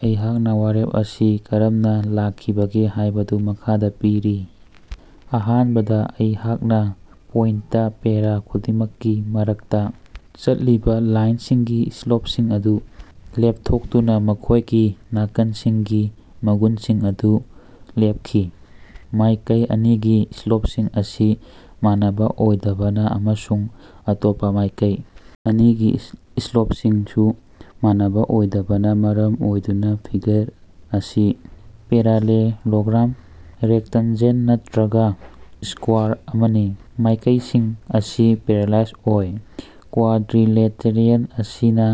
ꯑꯩꯍꯥꯛꯅ ꯋꯥꯔꯦꯞ ꯑꯁꯤ ꯀꯔꯝꯅꯥ ꯂꯥꯛꯈꯤꯕꯒꯦ ꯍꯥꯏꯕꯗꯨ ꯃꯈꯥꯗꯥ ꯄꯤꯔꯤ: ꯑꯍꯥꯟꯕꯗ, ꯑꯩꯍꯥꯛꯅ ꯄꯣꯏꯟꯇ ꯄꯦꯔꯥ ꯈꯨꯗꯤꯡꯃꯛꯀꯤ ꯃꯔꯛꯇ ꯆꯠꯂꯤꯕ ꯂꯥꯏꯟꯁꯤꯡꯒꯤ ꯁ꯭ꯂꯣꯞꯁꯤꯡ ꯑꯗꯨ ꯂꯦꯞꯊꯣꯛꯇꯨꯅ ꯃꯈꯣꯏꯒꯤ ꯅꯥꯀꯜꯁꯤꯡꯒꯤ ꯃꯒꯨꯟꯁꯤꯡ ꯑꯗꯨ ꯂꯦꯞꯈꯤ꯫ ꯃꯥꯏꯀꯩ ꯑꯅꯤꯒꯤ ꯁ꯭ꯂꯣꯞꯁꯤꯡ ꯑꯁꯤ ꯃꯥꯟꯅꯕ ꯑꯣꯏꯗꯕꯅ ꯑꯃꯁꯨꯡ ꯑꯇꯣꯞꯄꯥ ꯃꯥꯏꯀꯩ ꯑꯅꯤꯒꯤ ꯁ꯭ꯂꯣꯞꯁꯤꯡꯁꯨ ꯃꯥꯟꯅꯕ ꯑꯣꯏꯗꯕꯅ ꯃꯔꯝ ꯑꯣꯏꯗꯨꯅ ꯐꯤꯒꯔ ꯑꯁꯤ ꯄꯦꯔꯥꯂꯦꯂꯣꯒ꯭ꯔꯥꯝ, ꯔꯦꯛꯇꯟꯖꯜ ꯅꯠꯇꯔꯒ ꯁ꯭ꯀꯋꯥꯔ ꯑꯃꯅꯤ꯫ ꯃꯥꯏꯀꯩꯁꯤꯡ ꯑꯁꯤ ꯄꯦꯔꯥꯂꯥꯏꯖ ꯑꯣꯏ꯫ ꯀ꯭ꯋꯥꯗ꯭ꯔꯤꯂꯦꯇꯔꯦꯜ ꯑꯁꯤꯅ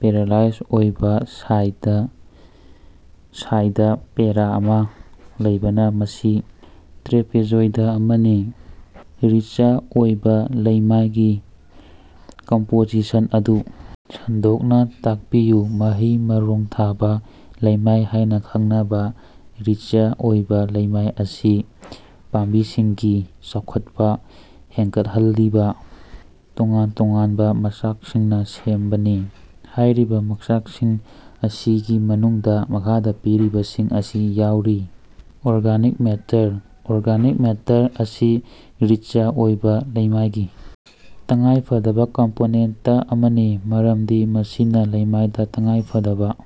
ꯄꯦꯔꯥꯂꯥꯏꯖ ꯑꯣꯏꯕ ꯁꯥꯏꯗ ꯄꯦꯔꯥ ꯑꯃꯥ ꯂꯩꯕꯅ ꯃꯁꯤ ꯇ꯭ꯔꯦꯄꯦꯖꯣꯏꯗ ꯑꯃꯅꯤ꯫ ꯔꯤꯆ ꯑꯣꯏꯕ ꯂꯩꯃꯥꯏꯒꯤ ꯀꯝꯄꯣꯖꯤꯁꯟ ꯑꯗꯨ ꯁꯟꯗꯣꯛꯅ ꯇꯥꯛꯄꯤꯌꯨ꯫ ꯃꯍꯩ-ꯃꯔꯣꯡ ꯊꯥꯕ ꯂꯩꯃꯥꯏ ꯍꯥꯏꯅ ꯈꯪꯅꯕ ꯔꯤꯆ ꯑꯣꯏꯕ ꯂꯩꯃꯥꯏ ꯑꯁꯤ ꯄꯥꯝꯕꯤꯁꯤꯡꯒꯤ ꯆꯥꯎꯈꯠꯄ ꯍꯦꯟꯒꯠꯍꯜꯂꯤꯕ ꯇꯣꯉꯥꯟ-ꯇꯣꯉꯥꯟꯕ ꯃꯆꯥꯛꯁꯤꯡꯅ ꯁꯦꯝꯕꯅꯤ꯫ ꯍꯥꯏꯔꯤꯕ ꯃꯆꯥꯛꯁꯤꯡ ꯑꯁꯤꯒꯤ ꯃꯅꯨꯡꯗ ꯃꯈꯥꯗ ꯄꯤꯔꯤꯕꯁꯤꯡ ꯑꯁꯤ ꯌꯥꯎꯔꯤ: ꯑꯣꯔꯒꯥꯅꯤꯛ ꯃꯦꯇꯔ: ꯑꯣꯔꯒꯥꯅꯤꯛ ꯃꯦꯇꯔ ꯑꯁꯤ ꯔꯤꯆ ꯑꯣꯏꯕ ꯂꯩꯃꯥꯏꯒꯤ ꯇꯉꯥꯏꯐꯗꯕ ꯀꯝꯄꯣꯅꯦꯟꯇ ꯑꯃꯅꯤ, ꯃꯔꯝꯗꯤ ꯃꯁꯤꯅ ꯂꯩꯃꯥꯏꯗ ꯇꯉꯥꯏꯐꯗꯕ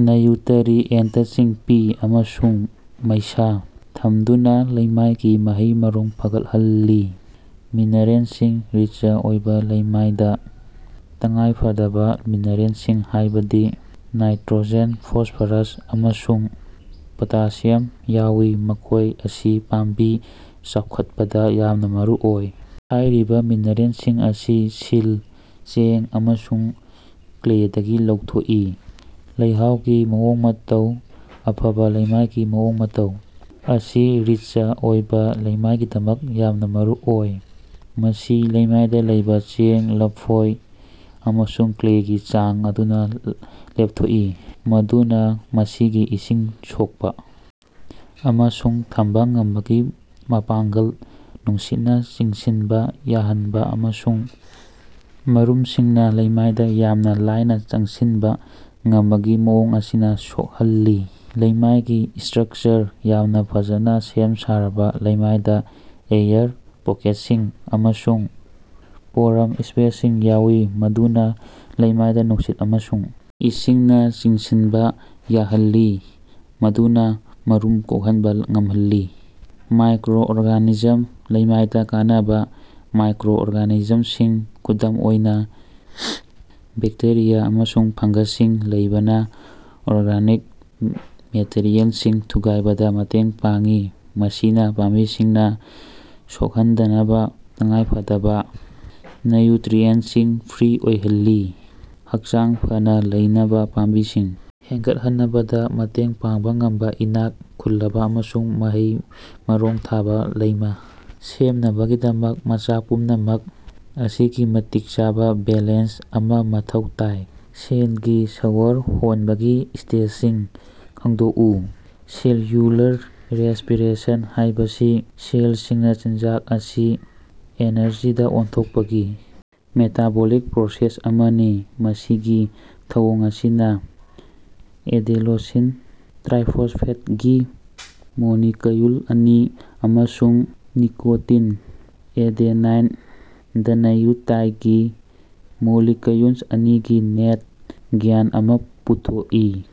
ꯅ꯭ꯌꯨꯇꯔꯤꯑꯦꯟꯇꯁꯤꯡ ꯄꯤ ꯑꯃꯁꯨꯡ ꯃꯩꯁꯥ ꯊꯝꯗꯨꯅ ꯂꯩꯃꯥꯏꯒꯤ ꯃꯍꯩ-ꯃꯔꯣꯡ ꯐꯒꯠꯍꯜꯂꯤ꯫ ꯃꯤꯅꯔꯦꯜꯁꯤꯡ: ꯔꯤꯆ ꯑꯣꯏꯕ ꯂꯩꯃꯥꯏꯗ ꯇꯉꯥꯏꯐꯗꯕ ꯃꯤꯅꯔꯦꯜꯁꯤꯡ, ꯍꯥꯏꯕꯗꯤ ꯅꯥꯏꯇꯔꯣꯖꯦꯟ, ꯐꯣꯁꯐꯔꯁ, ꯑꯃꯁꯨꯡ ꯄꯣꯇꯥꯁꯤꯌꯝ ꯌꯥꯎꯏ, ꯃꯈꯣꯏ ꯑꯁꯤ ꯄꯥꯝꯕꯤ ꯆꯥꯎꯈꯠꯄꯗ ꯌꯥꯝꯅ ꯃꯔꯨꯑꯣꯏ꯫ ꯍꯥꯏꯔꯤꯕ ꯃꯤꯅꯔꯦꯜꯁꯤꯡ ꯑꯁꯤ ꯁꯤꯜ, ꯆꯦꯡ ꯑꯃꯁꯨꯡ ꯀ꯭ꯂꯦꯗꯒꯤ ꯂꯧꯊꯣꯛꯏ꯫ ꯂꯩꯍꯥꯎꯒꯤ ꯃꯑꯣꯡ-ꯃꯇꯧ: ꯑꯐꯕ ꯂꯩꯃꯥꯏꯒꯤ ꯃꯑꯣꯡ-ꯃꯇꯧ ꯑꯁꯤ ꯔꯤꯆ ꯑꯣꯏꯕ ꯂꯩꯃꯥꯏꯒꯤꯗꯃꯛ ꯌꯥꯝꯅ ꯃꯔꯨꯑꯣꯏ꯫ ꯃꯁꯤ ꯂꯩꯃꯥꯏꯗ ꯂꯩꯕ ꯆꯦꯡ, ꯂꯐꯣꯏ ꯑꯃꯁꯨꯡ ꯀ꯭ꯂꯦꯒꯤ ꯆꯥꯡ ꯑꯗꯨꯅ ꯂꯦꯞꯊꯣꯛꯏ, ꯃꯗꯨꯅ ꯃꯁꯤꯒꯤ ꯏꯁꯤꯡ ꯁꯣꯛꯄ ꯑꯃꯁꯨꯡ ꯊꯝꯕ ꯉꯝꯕꯒꯤ ꯃꯄꯥꯡꯒꯜ, ꯅꯨꯡꯁꯤꯠꯅ ꯆꯪꯁꯤꯟꯕ ꯌꯥꯍꯟꯕ, ꯑꯃꯁꯨꯡ ꯃꯔꯨꯝꯁꯤꯡꯅ ꯂꯩꯃꯥꯏꯗ ꯌꯥꯝꯅ ꯂꯥꯏꯅ ꯆꯪꯁꯤꯟꯕ ꯉꯝꯕꯒꯤ ꯃꯑꯣꯡ ꯑꯁꯤꯅ ꯁꯣꯛꯍꯜꯂꯤ꯫ ꯂꯩꯃꯥꯏꯒꯤ ꯁ꯭ꯇꯔꯛꯆꯔ: ꯌꯥꯝꯅ ꯐꯖꯅ ꯁꯦꯝ-ꯁꯥꯔꯕ ꯂꯩꯃꯥꯏꯗꯥ ꯑꯦꯌꯔ ꯄꯣꯀꯦꯠꯁꯤꯡ ꯑꯃꯁꯨꯡ ꯄꯣꯔꯣꯝ ꯁ꯭ꯄꯦꯁꯁꯤꯡ ꯌꯥꯎꯏ ꯃꯗꯨꯅ ꯂꯩꯃꯥꯏꯗ ꯅꯨꯡꯁꯤꯠ ꯑꯃꯁꯨꯡ ꯏꯁꯤꯡꯅ ꯆꯤꯡꯁꯤꯟꯕ ꯌꯥꯍꯜꯂꯤ, ꯃꯗꯨꯅ ꯃꯔꯨꯝ ꯀꯣꯛꯍꯟꯕ ꯉꯝꯍꯜꯂꯤ꯫ ꯃꯥꯏꯀꯔꯣꯑꯣꯔꯒꯥꯅꯤꯖꯝ: ꯂꯩꯃꯥꯏꯗ ꯀꯥꯟꯅꯕ ꯃꯥꯏꯀꯔꯣꯑꯣꯔꯒꯥꯅꯤꯖꯝꯁꯤꯡ, ꯈꯨꯗꯝ ꯑꯣꯏꯅ ꯕꯦꯛꯇꯦꯔꯤꯌꯥ ꯑꯃꯁꯨꯡ ꯐꯪꯒꯦꯜꯁꯤꯡ ꯂꯩꯕꯅ ꯑꯣꯔꯒꯥꯅꯤꯛ ꯃꯦꯇꯔꯤꯑꯦꯜꯁꯤꯡ ꯊꯨꯒꯥꯏꯕꯗ ꯃꯇꯦꯡ ꯄꯥꯡꯏ, ꯃꯁꯤꯅ ꯄꯥꯝꯕꯤꯁꯤꯡꯅ ꯁꯣꯛꯍꯟꯗꯅꯕ ꯇꯉꯥꯏꯐꯗꯕ ꯅ꯭ꯌꯨꯇꯔꯤꯑꯦꯟꯠꯁꯤꯡ ꯐ꯭ꯔꯤ ꯑꯣꯏꯍꯜꯂꯤ꯫ ꯍꯛꯆꯥꯡ ꯐꯅꯥ ꯂꯩꯅꯕ ꯄꯥꯝꯕꯤꯁꯤꯡ ꯍꯦꯟꯒꯠꯍꯅꯕꯗ ꯃꯇꯦꯡ ꯄꯥꯡꯕ ꯉꯝꯕ ꯏꯅꯥꯛ ꯈꯨꯜꯂꯕ ꯑꯃꯁꯨꯡ ꯃꯍꯩ-ꯃꯔꯣꯡ ꯊꯥꯕ ꯂꯩꯃꯥꯥ ꯁꯦꯝꯅꯕꯒꯤꯗꯃꯛ ꯃꯆꯥꯛ ꯄꯨꯝꯅꯃꯛ ꯑꯁꯤꯒꯤ ꯃꯇꯤꯛ ꯆꯥꯕ ꯕꯦꯂꯦꯟꯁ ꯑꯃꯥ ꯃꯊꯧ ꯇꯥꯏ꯫ ꯁꯦꯜꯒꯤ ꯁ꯭ꯋꯔ ꯍꯣꯟꯕꯒꯤ ꯁ꯭ꯇꯦꯖꯁꯤꯡ ꯈꯪꯗꯣꯛꯎ꯫ ꯁꯦꯜꯌꯨꯂꯔ ꯔꯦꯁ꯭ꯄꯤꯔꯦꯁꯟ ꯍꯥꯏꯕꯁꯤ ꯁꯦꯜꯁꯤꯡꯅ ꯆꯤꯟꯖꯥꯛ ꯑꯁꯤ ꯑꯦꯅꯔꯖꯤꯗꯥ ꯑꯣꯟꯊꯣꯛꯄꯒꯤ ꯃꯦꯇꯥꯕꯣꯂꯤꯛ ꯄ꯭ꯔꯣꯁꯦꯁ ꯑꯃꯅꯤ꯫ ꯃꯁꯤꯒꯤ ꯊꯧꯑꯣꯡ ꯑꯁꯤꯅꯥ ꯑꯦꯗ‌ꯦꯅ‌ꯣꯁꯤꯟ ꯇꯔꯥꯏꯐ‌ꯣꯁꯐ‌ꯦꯠꯒꯤ ꯃꯣꯂꯤꯀꯌꯨꯜ ꯑꯅꯤ ꯑꯃꯁꯨꯡ ꯅꯤꯀ‌ꯣꯇꯤꯟ ꯑꯦꯗ‌ꯦꯅꯥꯏꯟ ꯗꯥꯏꯅꯌꯨꯇꯥꯏꯠꯒꯤ ꯃꯣꯂꯤꯀꯌꯨꯜ ꯑꯅꯤꯒꯤ ꯅꯦꯠ ꯒꯌꯥꯟ ꯑꯃꯥ ꯄꯨꯊꯣꯛꯏ꯫